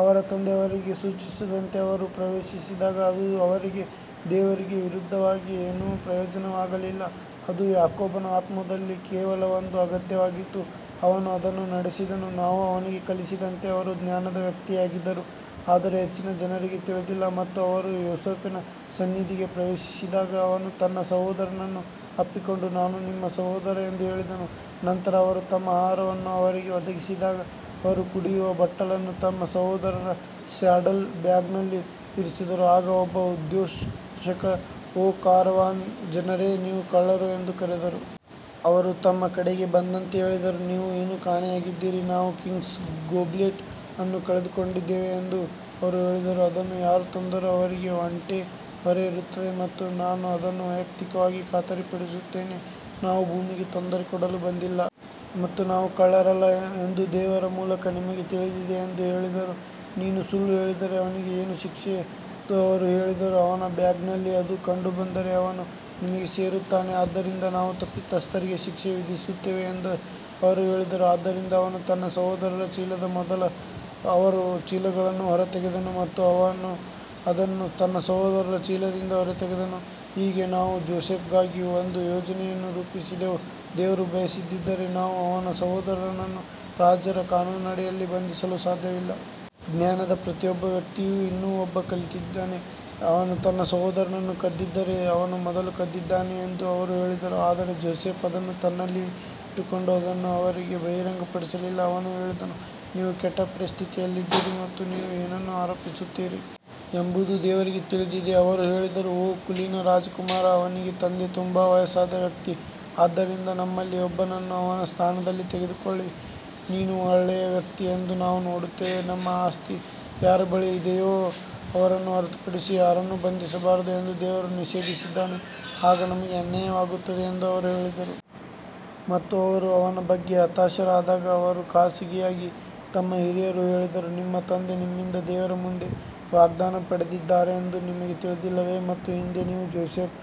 ಅವರ ತಂದೆ ಅವರಿಗೆ ಸೂಚಿಸಿದಂತೆ ಅವರು ಪ್ರವೇಶಿಸಿದಾಗ ಅದು ಅವರಿಗೆ ದೇವರಿಗೆ ವಿರುದ್ಧವಾಗಿ ಏನೂ ಪ್ರಯೋಜನವಾಗಲಿಲ್ಲ, ಅದು ಯಾಕೋಬನ ಆತ್ಮದಲ್ಲಿ ಕೇವಲ ಒಂದು ಅಗತ್ಯವಾಗಿತ್ತು, ಅವನು ಅದನ್ನು ನಡೆಸಿದನು ನಾವು ಅವನಿಗೆ ಕಲಿಸಿದಂತೆ ಅವರು ಜ್ಞಾನದ ವ್ಯಕ್ತಿಯಾಗಿದ್ದರು ಆದರೆ ಹೆಚ್ಚಿನ ಜನರಿಗೆ ತಿಳಿದಿಲ್ಲ. ಮತ್ತು ಅವರು ಯೋಸೇಫನ ಸನ್ನಿಧಿಗೆ ಪ್ರವೇಶಿಸಿದಾಗ ಅವನು ತನ್ನ ಸಹೋದರನನ್ನು ಅಪ್ಪಿಕೊಂಡು ನಾನು ನಿಮ್ಮ ಸಹೋದರ ಎಂದು ಹೇಳಿದನು ನಂತರ ಅವರು ತಮ್ಮ ಆಹಾರವನ್ನು ಅವರಿಗೆ ಒದಗಿಸಿದಾಗ ಅವರು ಕುಡಿಯುವ ಬಟ್ಟಲನ್ನು ತಮ್ಮ ಸಹೋದರರ ಸ್ಯಾಡಲ್ ಬ್ಯಾಗ್ನಲ್ಲಿ ಇರಿಸಿದರು ಆಗ ಒಬ್ಬ ಉದ್ಘೋಷಕ ಓ ಕಾರವಾನ್ ಜನರೇ ನೀವು ಕಳ್ಳರು ಎಂದು ಕರೆದರು. ಅವರು ತಮ್ಮ ಕಡೆಗೆ ಬಂದಂತೆ ಹೇಳಿದರು, ನೀವು ಏನು ಕಾಣೆಯಾಗಿದ್ದೀರಿ ನಾವು ಕಿಂಗ್ಸ್ ಗೋಬ್ಲೆಟ್ ಅನ್ನು ಕಳೆದುಕೊಂಡಿದ್ದೇವೆ ಎಂದು ಅವರು ಹೇಳಿದರು, ಅದನ್ನು ಯಾರು ತಂದರೂ ಅವರಿಗೆ ಒಂಟೆ ಹೊರೆ ಇರುತ್ತದೆ ಮತ್ತು ನಾನು ಅದನ್ನು ವೈಯಕ್ತಿಕವಾಗಿ ಖಾತರಿಪಡಿಸುತ್ತೇನೆ ನಾವು ಭೂಮಿಗೆ ತೊಂದರೆ ಕೊಡಲು ಬಂದಿಲ್ಲ ಮತ್ತು ನಾವು ಕಳ್ಳರಲ್ಲ ಎಂದು ದೇವರ ಮೂಲಕ ನಿಮಗೆ ತಿಳಿದಿದೆ ಎಂದು ಹೇಳಿದರು ನೀನು ಸುಳ್ಳು ಹೇಳಿದರೆ ಅವನಿಗೆ ಏನು ಶಿಕ್ಷೆ ಎಂದು ಅವರು ಹೇಳಿದರು ಅವನ ಬ್ಯಾಗ್ನಲ್ಲಿ ಅದು ಕಂಡುಬಂದರೆ ಅವನು ನಿಮಗೆ ಸೇರುತ್ತಾನೆ ಆದ್ದರಿಂದ ನಾವು ತಪ್ಪಿತಸ್ಥರಿಗೆ ಶಿಕ್ಷೆ ವಿಧಿಸುತ್ತೇವೆ ಎಂದು ಅವರು ಹೇಳಿದರು ಆದ್ದರಿಂದ ಅವನು ತನ್ನ ಸಹೋದರರ ಚೀಲದ ಮೊದಲು ಅವರ ಚೀಲಗಳನ್ನು ಹೊರತೆಗೆದನು ಮತ್ತು ಅವನು ಅದನ್ನು ತನ್ನ ಸಹೋದರರ ಚೀಲದಿಂದ ಹೊರತೆಗೆದನು, ಹೀಗೆ ನಾವು ಜೋಸೆಫ್ಗಾಗಿ ಒಂದು ಯೋಜನೆಯನ್ನು ರೂಪಿಸಿದೆವು, ದೇವರು ಬಯಸದಿದ್ದರೆ ನಾವು ಅವನ ಸಹೋದರನನ್ನು ರಾಜರ ಕಾನೂನಿನಡಿಯಲ್ಲಿ ಬಂಧಿಸಲು ಸಾಧ್ಯವಿಲ್ಲ. ಜ್ಞಾನದ ಪ್ರತಿಯೊಬ್ಬ ವ್ಯಕ್ತಿಯು ಇನ್ನೂ ಒಬ್ಬ ಕಲಿತಿದ್ದಾನೆ ಅವನು ತನ್ನ ಸಹೋದರನನ್ನು ಕದ್ದಿದ್ದರೆ ಅವನು ಮೊದಲು ಕದ್ದಿದ್ದಾನೆ ಎಂದು ಅವರು ಹೇಳಿದರು ಆದರೆ ಜೋಸೆಫ್ ಅದನ್ನು ತನ್ನಲ್ಲಿಯೇ ಇಟ್ಟುಕೊಂಡು ಅದನ್ನು ಅವರಿಗೆ ಬಹಿರಂಗಪಡಿಸಲಿಲ್ಲ ಅವನು ಹೇಳಿದನು ನೀವು ಕೆಟ್ಟ ಪರಿಸ್ಥಿತಿಯಲ್ಲಿದ್ದೀರಿ ಮತ್ತು ನೀವು ಏನನ್ನು ಆರೋಪಿಸುತ್ತೀರಿ ಎಂಬುದು ದೇವರಿಗೆ ತಿಳಿದಿದೆ ಅವರು ಹೇಳಿದರು ಓ ಕುಲೀನ ರಾಜಕುಮಾರ ಅವನಿಗೆ ತಂದೆ ತುಂಬಾ ವಯಸ್ಸಾದ ವ್ಯಕ್ತಿ, ಆದ್ದರಿಂದ ನಮ್ಮಲ್ಲಿ ಒಬ್ಬನನ್ನು ಅವನ ಸ್ಥಾನದಲ್ಲಿ ತೆಗೆದುಕೊಳ್ಳಿ ನೀನು ಒಳ್ಳೆಯ ವ್ಯಕ್ತಿ ಎಂದು ನಾವು ನೋಡುತ್ತೇವೆ ನಮ್ಮ ಆಸ್ತಿ ಯಾರ ಬಳಿ ಇದೆಯೋ ಅವರನ್ನು ಹೊರತುಪಡಿಸಿ ಯಾರನ್ನೂ ಬಂಧಿಸಬಾರದು ಎಂದು ದೇವರು ನಿಷೇಧಿಸಿದ್ದಾನೆ, ಆಗ ನಮಗೆ ಅನ್ಯಾಯವಾಗುತ್ತದೆ ಎಂದು ಅವರು ಹೇಳಿದರು. ಮತ್ತು ಅವರು ಅವನ ಬಗ್ಗೆ ಹತಾಶರಾದಾಗ ಅವರು ಖಾಸಗಿಯಾಗಿ ತಮ್ಮ ಹಿರಿಯರು ಹೇಳಿದರು, ನಿಮ್ಮ ತಂದೆ ನಿಮ್ಮಿಂದ ದೇವರ ಮುಂದೆ ವಾಗ್ದಾನ ಪಡೆದಿದ್ದಾರೆಂದು ನಿಮಗೆ ತಿಳಿದಿಲ್ಲವೇ ಮತ್ತು ಹಿಂದೆ ನೀವು ಜೋಸೆಫ್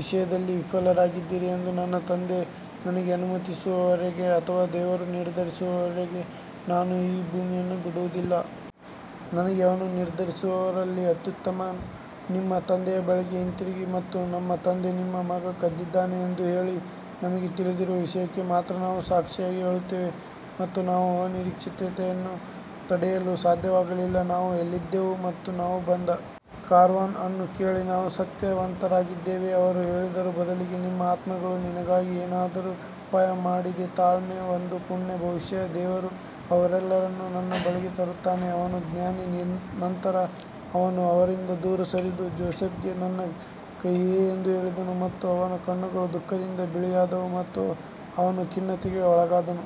ವಿಷಯದಲ್ಲಿ ವಿಫಲರಾಗಿದ್ದೀರಿ ಎಂದು ನನ್ನ ತಂದೆ ನನಗೆ ಅನುಮತಿಸುವವರೆಗೆ ಅಥವಾ ದೇವರು ನಿರ್ಧರಿಸುವವರೆಗೆ ನಾನು ಈ ಭೂಮಿಯನ್ನು ಬಿಡುವುದಿಲ್ಲ. ನನಗೆ ಅವನು ನಿರ್ಧರಿಸುವವರಲ್ಲಿ ಅತ್ಯುತ್ತಮನು ನಿಮ್ಮ ತಂದೆಯ ಬಳಿಗೆ ಹಿಂತಿರುಗಿ ಮತ್ತು ನಮ್ಮ ತಂದೆ ನಿಮ್ಮ ಮಗ ಕದ್ದಿದ್ದಾನೆ ಎಂದು ಹೇಳಿ, ನಮಗೆ ತಿಳಿದಿರುವ ವಿಷಯಕ್ಕೆ ಮಾತ್ರ ನಾವು ಸಾಕ್ಷಿ ಹೇಳುತ್ತೇವೆ ಮತ್ತು ನಾವು ಅನಿರೀಕ್ಷಿತತೆಯನ್ನು ತಡೆಯಲು ಸಾಧ್ಯವಾಗಲಿಲ್ಲ. ನಾವು ಎಲ್ಲಿದ್ದೆವು ಮತ್ತು ನಾವು ಬಂದ ಕಾರವಾನ್ ಅನ್ನು ಕೇಳಿ ನಾವು ಸತ್ಯವಂತರಾಗಿದ್ದೇವೆ ಅವರು ಹೇಳಿದರು ಬದಲಿಗೆ ನಿಮ್ಮ ಆತ್ಮಗಳು ನಿನಗಾಗಿ ಏನಾದರೂ ಉಪಾಯ ಮಾಡಿದೆ ತಾಳ್ಮೆ ಒಂದು ಪುಣ್ಯ ಬಹುಶಃ ದೇವರು ಅವರೆಲ್ಲರನ್ನೂ ನನ್ನ ಬಳಿಗೆ ತರುತ್ತಾನೆ ಅವನು ಜ್ಞಾನಿ ನಂತರ ಅವನು ಅವರಿಂದ ದೂರ ಸರಿದು ಜೋಸೆಫ್ಗೆ ನನ್ನ ಕಹಿಯೇ ಎಂದು ಹೇಳಿದನು ಮತ್ತು ಅವನ ಕಣ್ಣುಗಳು ದುಃಖದಿಂದ ಬಿಳಿಯಾದವು ಮತ್ತು ಅವನು ಖಿನ್ನತೆಗೆ ಒಳಗಾದನು.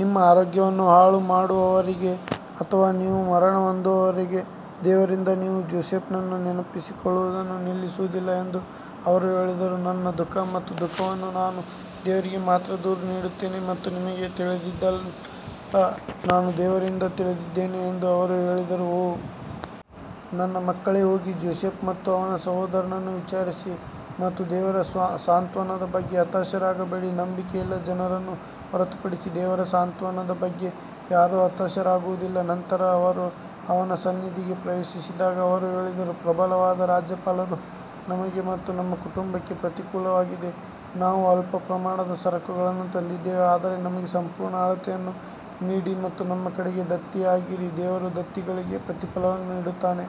ನಿಮ್ಮ ಆರೋಗ್ಯವನ್ನು ಹಾಳುಮಾಡುವವರೆಗೆ ಅಥವಾ ನೀವು ಮರಣಹೊಂದುವವರೆಗೆ ದೇವರಿಂದ ನೀವು ಜೋಸೆಫ್ನನ್ನು ನೆನಪಿಸಿಕೊಳ್ಳುವುದನ್ನು ನಿಲ್ಲಿಸುವುದಿಲ್ಲ ಎಂದು ಅವರು ಹೇಳಿದರು ನನ್ನ ದುಃಖ ಮತ್ತು ದುಃಖವನ್ನು ನಾನು ದೇವರಿಗೆ ಮಾತ್ರ ದೂರು ನೀಡುತ್ತೇನೆ ಮತ್ತು ನಿಮಗೆ ತಿಳಿದಿಲ್ಲದ್ದನ್ನು ನಾನು ದೇವರಿಂದ ತಿಳಿದಿದ್ದೇನೆ ಎಂದು ಅವರು ಹೇಳಿದರು ಓ ನನ್ನ ಮಕ್ಕಳೇ ಹೋಗಿ ಜೋಸೆಫ್ ಮತ್ತು ಅವನ ಸಹೋದರನನ್ನು ವಿಚಾರಿಸಿ ಮತ್ತು ದೇವರ ಸಾಂತ್ವನದ ಬಗ್ಗೆ ಹತಾಶರಾಗಬೇಡಿ, ನಂಬಿಕೆಯಿಲ್ಲದ ಜನರನ್ನು ಹೊರತುಪಡಿಸಿ ದೇವರ ಸಾಂತ್ವನದ ಬಗ್ಗೆ ಯಾರೂ ಹತಾಶರಾಗುವುದಿಲ್ಲ ನಂತರ ಅವರು ಅವನ ಸನ್ನಿಧಿಗೆ ಪ್ರವೇಶಿಸಿದಾಗ ಅವರು ಹೇಳಿದರು ಪ್ರಬಲವಾದ ರಾಜ್ಯಪಾಲರು ನಮಗೆ ಮತ್ತು ನಮ್ಮ ಕುಟುಂಬಕ್ಕೆ ಪ್ರತಿಕೂಲವಾಗಿದೆ ನಾವು ಅಲ್ಪ ಪ್ರಮಾಣದ ಸರಕುಗಳನ್ನು ತಂದಿದ್ದೇವೆ ಆದರೆ ನಮಗೆ ಸಂಪೂರ್ಣ ಅಳತೆಯನ್ನು ನೀಡಿ ಮತ್ತು ನಮ್ಮ ಕಡೆಗೆ ದತ್ತಿಯಾಗಿರಿ ದೇವರು ದತ್ತಿಗಳಿಗೆ ಪ್ರತಿಫಲವನ್ನು ನೀಡುತ್ತಾನೆ.